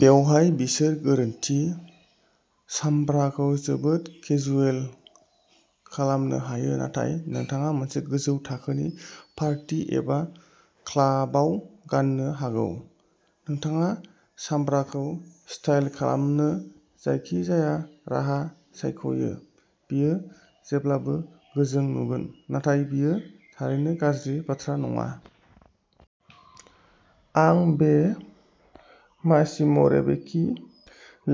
बेवहाय बिसोर गोरोन्थि। सामब्राखौ जोबोद केजुएल खालामनो हायो नाथाय नोंथाङा मोनसे गोजौ थाखोनि पार्टी एबा क्लाबाव गान्नो हागौ। नोंथाङा सामब्राखौ स्टाइल खालामनो जायखिजाया राहा सायख'यो, बेयो जेब्लाबो गोजों नुगोन, नाथाय बेयो थारैनो गाज्रि बाथ्रा नङा। आं बे मासिम'रेबेकि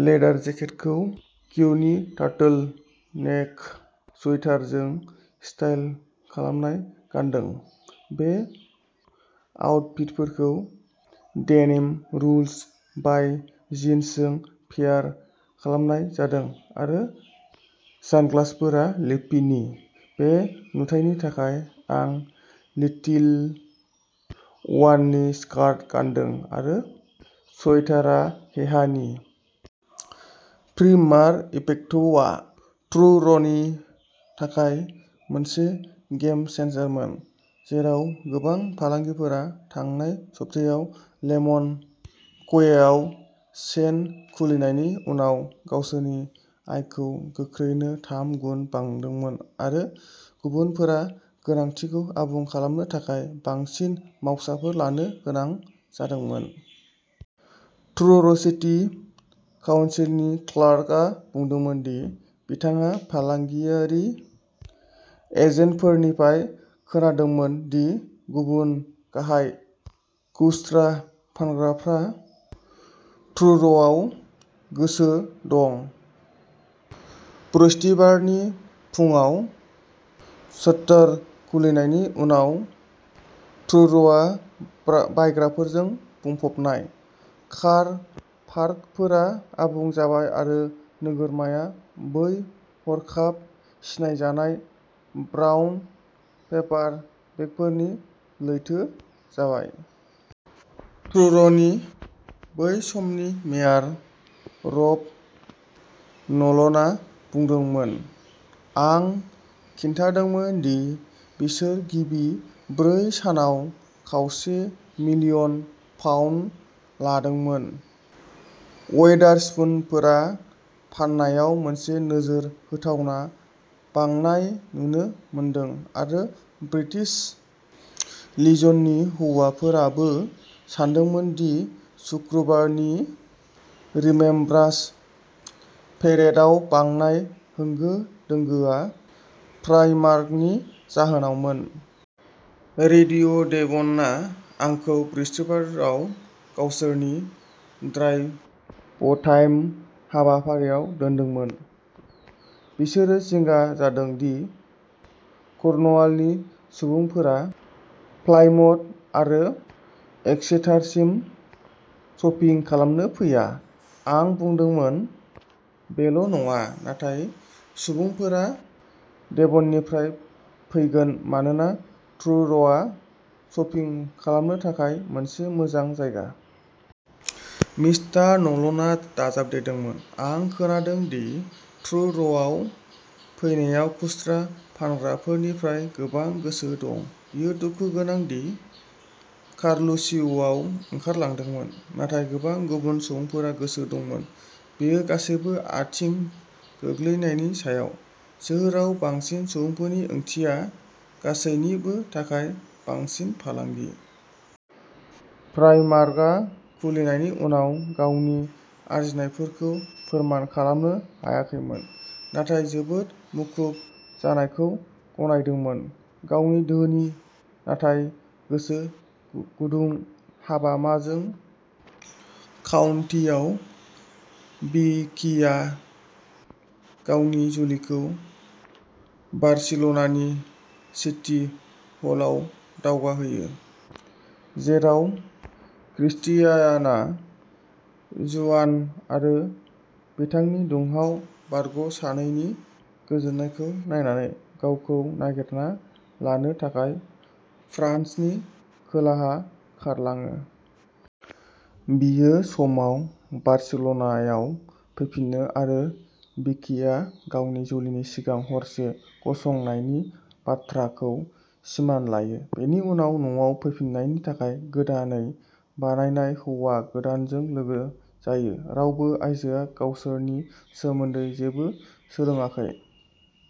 लेदार जेकेटखौ क्यूनि टार्टल नेक स्वेटारजों स्टाइल खालामनाय गानदों। बे आउटफिटफोरखौ डेनिम रुल्स बाइ जिन्सजों पेयार खालामनाय जादों आरो सानग्लासफोरा लिप्पिनि। बे नुथायनि थाखाय आं लिटिल वाननि स्कार्ट गानदों आरो स्वेटारआ हेहानि। "प्रिमार्क इफेक्ट" आ ट्रुर'नि थाखाय मोनसे गेम-चेन्जारमोन, जेराव गोबां फालांगिफोरा थांनाय सप्तायाव लेमन क्वेआव चेन खुलिनायनि उनाव गावसोरनि आयखौ गोख्रैनो थाम गुन बांदोंमोन आरो गुबुनफोरा गोनांथिखौ आबुं खालामनो थाखाय बांसिन मावसाफोर लानो गोनां जादोंमोन। ट्रुर'सिटी काउन्सिलनि क्लार्कआ बुंदोंमोन दि बिथाङा फालांगियारि एजेन्टफोरनिफ्राय खोनादोंमोन दि गुबुन गाहाय खुस्रा फानग्राफ्रा ट्रुर'आव गोसो दं। बृहस्पतिबारनि फुंआव स्ट'र खुलिनायनि उनाव, ट्रुर'आ बायग्राफोरजों बुंफबनाय, कार पार्कफोरा आबुं जाबाय आरो नोगोरमाया बै हरखाब सिनायजानाय ब्राउन पेपार बेगफोरनि लैथो जाबाय। ट्रुर'नि बै समनि मेयर, रब न'लनआ बुंदोंमोनः "आं खिन्थादोंमोन दि बिसोर गिबि ब्रै सानाव खावसे मिलियन पाउन्ड लादोंमोन, वेदारस्पुनफोरा फाननायाव मोनसे'नोजोर होथावना'बांनाय नुनो मोनदों आरो ब्रिटिश लिजननि हौवाफोराबो सानदोंमोन दि सुक्रुबारनि रिमेम्ब्रान्स पेरेडआव बांनाय होंगो-दोंगोआ प्राइमार्कनि जाहोनावमोन। "रेडिय'डेभ'नआ आंखौ बृहस्पतिबाराव गावसोरनि ड्राइभटाइम हाबाफारिआव दोनदोंमोन, बिसोरो जिंगा जादों दि कर्नवालनि सुबुंफोरा प्लायमाउथ आरो एक्सेटारसिम शपिं खालामनो फैया। आं बुंदोंमोन,'बेल'नङा, नाथाय सुबुंफोरा डेभननिफ्राय फैगोन मानोना ट्रुर'आ शपिं खालामनो थाखाय मोनसे मोजां जायगा। " मिस्टार न'लनआ दाजाबदेरदोंमोनः "आं खोनादों दि ट्रुर'आव फैनायाव खुस्रा फानग्राफोरनिफ्राय गोबां गोसो दं। बेयो दुखु गोनां दि कार्लुचिय'आ ओंखारलांदोंमोन, नाथाय गोबां गुबुन सुबुंफोरा गोसो दंमोन। " बेयो गासैबो आथिं गोग्लैनायनि सायाव, सोहोराव बांसिन सुबुंफोरनि ओंथिया गासैनिबो थाखाय बांसिन फालांगि। "प्राइमार्कआ खुलिनायनि उनाव गावनि आर्जिनायफोरखौ फोरमान खालामनो हायाखैमोन नाथाय जोबोद मुखुब जानायखौ गनायदोंमोन। गावनि धोनि नाथाय गोसो गुदुं हाबामाजों काउन्टीआव, भिकिया गावनि जुलिखौ बार्सिल'नानि सिटी हलआव दावगाहोयो, जेराव क्रिस्टियानाया, जुआन आरो बिथांनि दुंहाव बारग'सानैनि गोजोननायखौ नायनानै, गावखौ "नागिरना" लानो थाखाय फ्रान्सनि खोलाहा खारलाङो। बियो समाव बार्सिल'नायाव फैफिनो आरो भिकिया गावनि जुलिनि सिगां हरसे गसंनायनि बाथ्राखौ सिमान लायो, बेनि उनाव न'आव फैफिन्नायनि थाखाय गोदानै बानायनाय हौवा गोदानजों लोगो जायो, रावबो आइजोआ गावसोरनि सोमोन्दै जेबो सोलोंाखै।